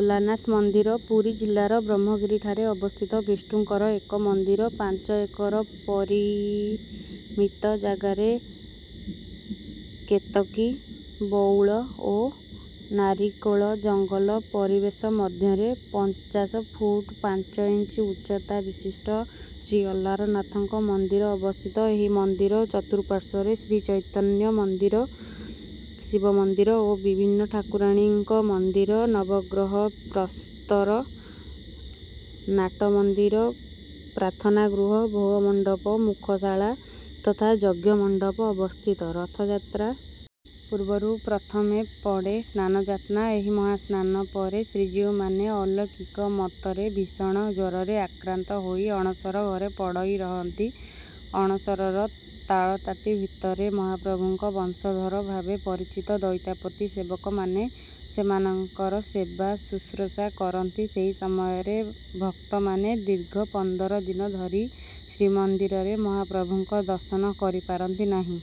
ଅଲାରନାଥ ମନ୍ଦିର ପୁରୀ ଜିଲ୍ଲାର ବ୍ରହ୍ମଗିରିଠାରେ ଅବସ୍ଥିତ ବିଷ୍ଣୁଙ୍କର ଏକ ମନ୍ଦିର। ପାଞ୍ଚ ଏକର ପରିମିତ ଜାଗାରେ କେତକୀ, ବଉଳ ଓ ନାରିକେଳ ଜଙ୍ଗଲ ପରିବେଶ ମଧ୍ୟରେ ପଞ୍ଚାଶ ଫୁଟ ପାଞ୍ଚ ଇଞ୍ଚ ଉଚ୍ଚତା ବିଶିଷ୍ଟ ଶ୍ରୀଅଲାରନାଥଙ୍କ ମନ୍ଦିର ଅବସ୍ଥିତ। ଏହି ମନ୍ଦିର ଚତୁଃପାର୍ଶ୍ୱରେ ଶ୍ରୀଚୈତନ୍ୟ ମନ୍ଦିର, ଶିବ ମନ୍ଦିର ଓ ବିଭିନ୍ନ ଠାକୁରାଣୀଙ୍କ ମନ୍ଦିର, ନବଗ୍ରହ ପ୍ରସ୍ତର, ନାଟମନ୍ଦିର, ପ୍ରାର୍ଥନା ଗୃହ, ଭୋଗମଣ୍ଡପ, ମୁଖଶାଳା ତଥା ଯଜ୍ଞ ମଣ୍ଡପ ଅବସ୍ଥିତ। ରଥଯାତ୍ରା ପୂର୍ବରୁ ପ୍ରଥମେ ପଡ଼େ ସ୍ନାନଯାତ୍ନା। ଏହି ମହାସ୍ନାନ ପରେ ଶ୍ରୀଜୀଉମାନେ ଅଲୌକିକ ମତରେ ଭୀଷଣ ଜ୍ୱରରେ ଆକ୍ରାନ୍ତ ହୋଇ ଅଣସର ଘରେ ପଡ଼ଇରହନ୍ତି। ଅଣସରର ତାଳତାଟି ଭିତରେ ମହାପ୍ରଭୁଙ୍କ ବଂଶଧର ଭାବେ ପରିଚିତ ଦଇତାପତି ସେବକମାନେ ସେମାନଙ୍କର ସେବାଶୁଶ୍ରୂଷା କରନ୍ତି। ସେହି ସମୟରେ ଭକ୍ତମାନେ ଦୀର୍ଘ ପନ୍ଦର ଦିନ ଧରି ଶ୍ରୀମନ୍ଦିରରେ ମହାପ୍ରଭୁଙ୍କ ଦର୍ଶନ କରିପାରନ୍ତି ନାହିଁ।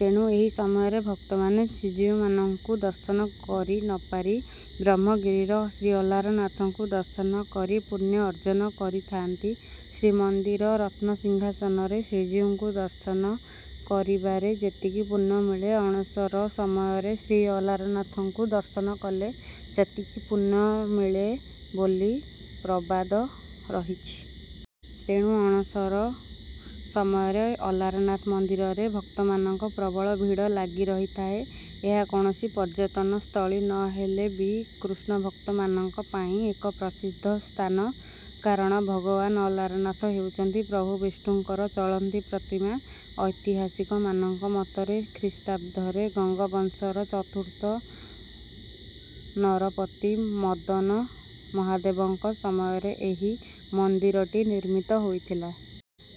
ତେଣୁ ଏହି ସମୟରେ ଭକ୍ତମାନେ ଶ୍ରୀଜୀଉମାନଙ୍କୁ ଦର୍ଶନ କରିନପାରି ବ୍ରହ୍ମଗିରିର ଶ୍ରୀଅଲାରନାଥଙ୍କୁ ଦର୍ଶନ କରି ପୁଣ୍ୟ ଅର୍ଜନ କରିଥାନ୍ତି। ଶ୍ରୀମନ୍ଦିର ରତ୍ନସିଂହାସନରେ ଶ୍ରୀଜୀଉଙ୍କୁ ଦର୍ଶନ କରିବାରେ ଯେତିକି ପୁଣ୍ୟ ମିଳେ, ଅଣସର ସମୟରେ ଶ୍ରୀଅଲାରନାଥଙ୍କୁ ଦର୍ଶନ କଲେ ସେତିକି ପୁଣ୍ୟ ମିଳେ ବୋଲି ପ୍ରବାଦ ରହିଛି। ତେଣୁ ଅଣସର ସମୟରେ ଅଲାରନାଥ ମନ୍ଦିରରେ ଭକ୍ତମାନଙ୍କ ପ୍ରବଳ ଭିଡ଼ ଲାଗିରହିଥାଏ। ଏହା କୌଣସି ପର୍ଯ୍ୟଟନସ୍ଥଳୀ ନହେଲେ ବି କୃଷ୍ଣଭକ୍ତମାନଙ୍କ ପାଇଁ ଏକ ପ୍ରସିଦ୍ଧ ସ୍ଥାନ। କାରଣ ଭଗବାନ ଅଲାରନାଥ ହେଉଛନ୍ତି ପ୍ରଭୁ ବିଷ୍ଣୁଙ୍କର ଚଳନ୍ତି ପ୍ରତିମା। ଐତିହାସିକମାନଙ୍କ ମତରେ ଖ୍ରୀଷ୍ଟାବ୍ଦରେ ଗଙ୍ଗବଂଶର ଚତୁର୍ଥ ନରପତି ମଦନ ମହାଦେବଙ୍କ ସମୟରେ ଏହି ମନ୍ଦିରଟି ନିର୍ମିତ ହୋଇଥିଲା।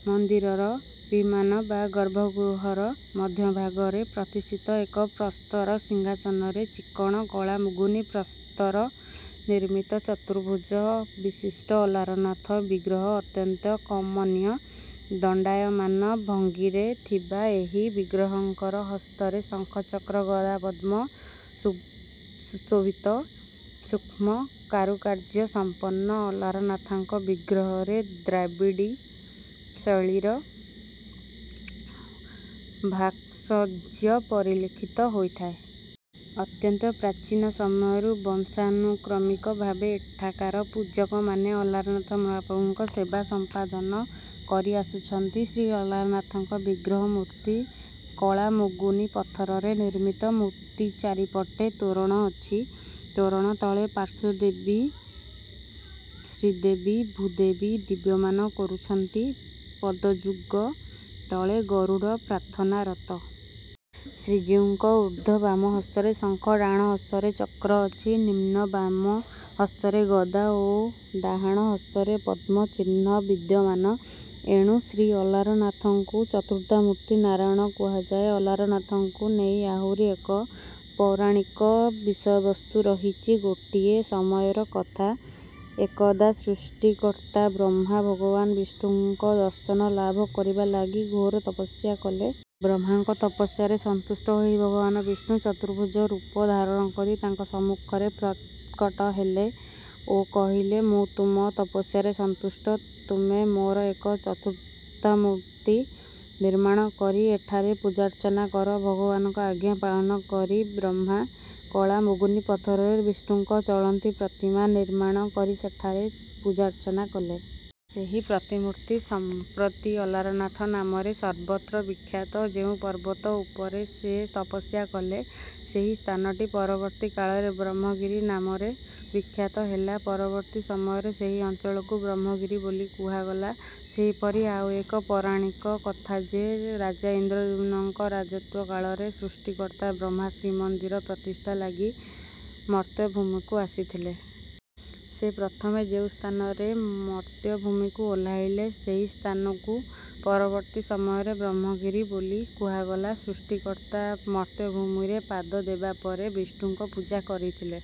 ମନ୍ଦିରର ବିମାନ ବା ଗର୍ଭଗୃହର ମଧ୍ୟଭାଗରେ ପ୍ରତିଷ୍ଠିତ ଏକ ପ୍ରସ୍ତର ସିଂହାସନରେ ଚିକ୍କଣ କଳା ମୁଗୁନି ପ୍ରସ୍ତର ନିର୍ମିତ ଚତୁର୍ଭୁଜ ବିଶିଷ୍ଟ ଅଲାରନାଥ ବିଗ୍ରହ ଅତ୍ୟନ୍ତ କମନୀୟ। ଦଣ୍ଡାୟମାନ ଭଙ୍ଗୀରେ ଥିବା ଏହି ବିଗ୍ରହଙ୍କର ହସ୍ତରେ ଶଙ୍ଖ, ଚକ୍ର, ଗଦା, ପଦ୍ମ ସୁଶୋଭିତ। ସୂକ୍ଷ୍ମ କାରୁକାର୍ଯ୍ୟ ସମ୍ପନ୍ନ ଅଲାରନାଥଙ୍କ ବିଗ୍ରହରେ ଦ୍ରାବିଡଡି ଶୈଳୀର ଭାସ୍କର୍ଯ୍ୟ ପରିଲକ୍ଷିତ ହୋଇଥାଏ। ଅତ୍ୟନ୍ତ ପ୍ରାଚୀନ ସମୟରୁ ବଂଶାନୁକ୍ରମିକ ଭାବେ ଏଠାକାର ପୂଜକମାନେ ଅଲାରନାଥ ମହାପ୍ରଭୁଙ୍କ ସେବା ସମ୍ପାଦନ କରି ଆସୁଛନ୍ତି। ଶ୍ରୀ ଅଲାରନାଥଙ୍କ ବିଗ୍ରହମୂର୍ତ୍ତି କଳାମୁଗୁନି ପଥରରେ ନିର୍ମିତ। ମୂର୍ତ୍ତି ଚାରିପଟେ ତୋରଣ ଅଛି। ତୋରଣ ତଳେ ପାର୍ଶ୍ୱଦେବୀ ଶ୍ରୀଦେବୀ, ଭୂଦେବୀ ଦିବ୍ୟମାନ କରୁଛନ୍ତି। ପଦଯୁଗ ତଳେ ଗରୁଡ଼ ପ୍ରାର୍ଥନାରତ। ଶ୍ରୀଜୀଉଙ୍କ ଊର୍ଦ୍ଧ୍ୱ ବାମ ହସ୍ତରେ ଶଙ୍ଖ, ଡାହାଣ ହସ୍ତରେ ଚକ୍ର ଅଛି। ନିମ୍ନ ବାମ ହସ୍ତରେ ଗଦା ଓ ଡାହାଣ ହସ୍ତରେ ପଦ୍ମ ଚିହ୍ନ ବିଦ୍ୟମାନ। ଏଣୁ ଶ୍ରୀ ଅଲାରନାଥଙ୍କୁ ଚତୁର୍ଦ୍ଧାମୂର୍ତ୍ତି ନାରାୟଣ କୁହାଯାଏ। ଅଲାରନାଥଙ୍କୁ ନେଇ ଆହୁରି ଏକ ପୌରାଣିକ ବିଷୟବସ୍ତୁ ରହିଛି। ଗୋଟିଏ ସମୟର କଥା, ଏକଦା ସୃଷ୍ଟିକର୍ତ୍ତା ବ୍ରହ୍ମା ଭଗବାନ୍ ବିଷ୍ଣୁଙ୍କ ଦର୍ଶନ ଲାଭ କରିବା ଲାଗି ଘୋର ତପସ୍ୟା କଲେ। ବ୍ରହ୍ମାଙ୍କ ତପସ୍ୟାରେ ସନ୍ତୁଷ୍ଟ ହୋଇ ଭଗବାନ୍ ବିଷ୍ଣୁ ଚତୁର୍ଭୁଜ ରୂପ ଧାରଣ କରି ତାଙ୍କ ସମ୍ମୁଖରେ ପ୍ରକଟ ହେଲେ ଓ କହିଲେ, ମୁଁ ତୁମ ତପସ୍ୟାରେ ସନ୍ତୁଷ୍ଟ। ତୁମେ ମୋର ଏକ ଚତୁର୍ଥା ମୂର୍ତ୍ତି ନିର୍ମାଣ କରି ଏଠାରେ ପୂଜାର୍ଚ୍ଚନା କର। ଭଗବାନଙ୍କ ଆଜ୍ଞା ପାଳନ କରି ବ୍ରହ୍ମା କଳା ମୁଗୁନି ପଥରରେ ବିଷ୍ଣୁଙ୍କ ଚଳନ୍ତି ପ୍ରତିମା ନିର୍ମାଣ କରି ସେଠାରେ ପୂଜାର୍ଚ୍ଚନା କଲେ। ସେହି ପ୍ରତିମୂର୍ତ୍ତି ସମ୍ପ୍ରତି ଅଲାରନାଥ ନାମରେ ସର୍ବତ୍ର ବିଖ୍ୟାତ। ଯେଉଁ ପର୍ବତ ଉପରେ ସେ ତପସ୍ୟା କଲେ, ସେହି ସ୍ଥାନଟି ପରବର୍ତ୍ତୀ କାଳରେ ବ୍ରହ୍ମଗିରି ନାମରେ ବିଖ୍ୟାତ ହେଲା। ପରବର୍ତ୍ତୀ ସମୟରେ ସେହି ଅଞ୍ଚଳକୁ ବ୍ରହ୍ମଗିରି ବୋଲି କୁହାଗଲା। ସେହିପରି ଆଉ ଏକ ପୌରାଣିକ କଥା ଯେ, ରାଜା ଇନ୍ଦ୍ରଦ୍ୟୁମ୍ନଙ୍କ ରାଜତ୍ୱ କାଳରେ ସୃଷ୍ଟିକର୍ତ୍ତା ବ୍ରହ୍ମା ଶ୍ରୀମନ୍ଦିର ପ୍ରତିଷ୍ଠା ଲାଗି ମର୍ତ୍ତ୍ୟଭୂମିକୁ ଆସିଥିଲେ। ସେ ପ୍ରଥମେ ଯେଉଁ ସ୍ଥାନରେ ମର୍ତ୍ତ୍ୟଭୂମିକୁ ଓହ୍ଲାଇଲେ, ସେହି ସ୍ଥାନକୁ ପରବର୍ତ୍ତୀ ସମୟରେ ବ୍ରହ୍ମଗିରି ବୋଲି କୁହାଗଲା। ସୃଷ୍ଟିକର୍ତ୍ତା ମର୍ତ୍ତ୍ୟଭୂମିରେ ପାଦ ଦେବା ପରେ ବିଷ୍ଣୁଙ୍କ ପୂଜା କରିଥିଲେ।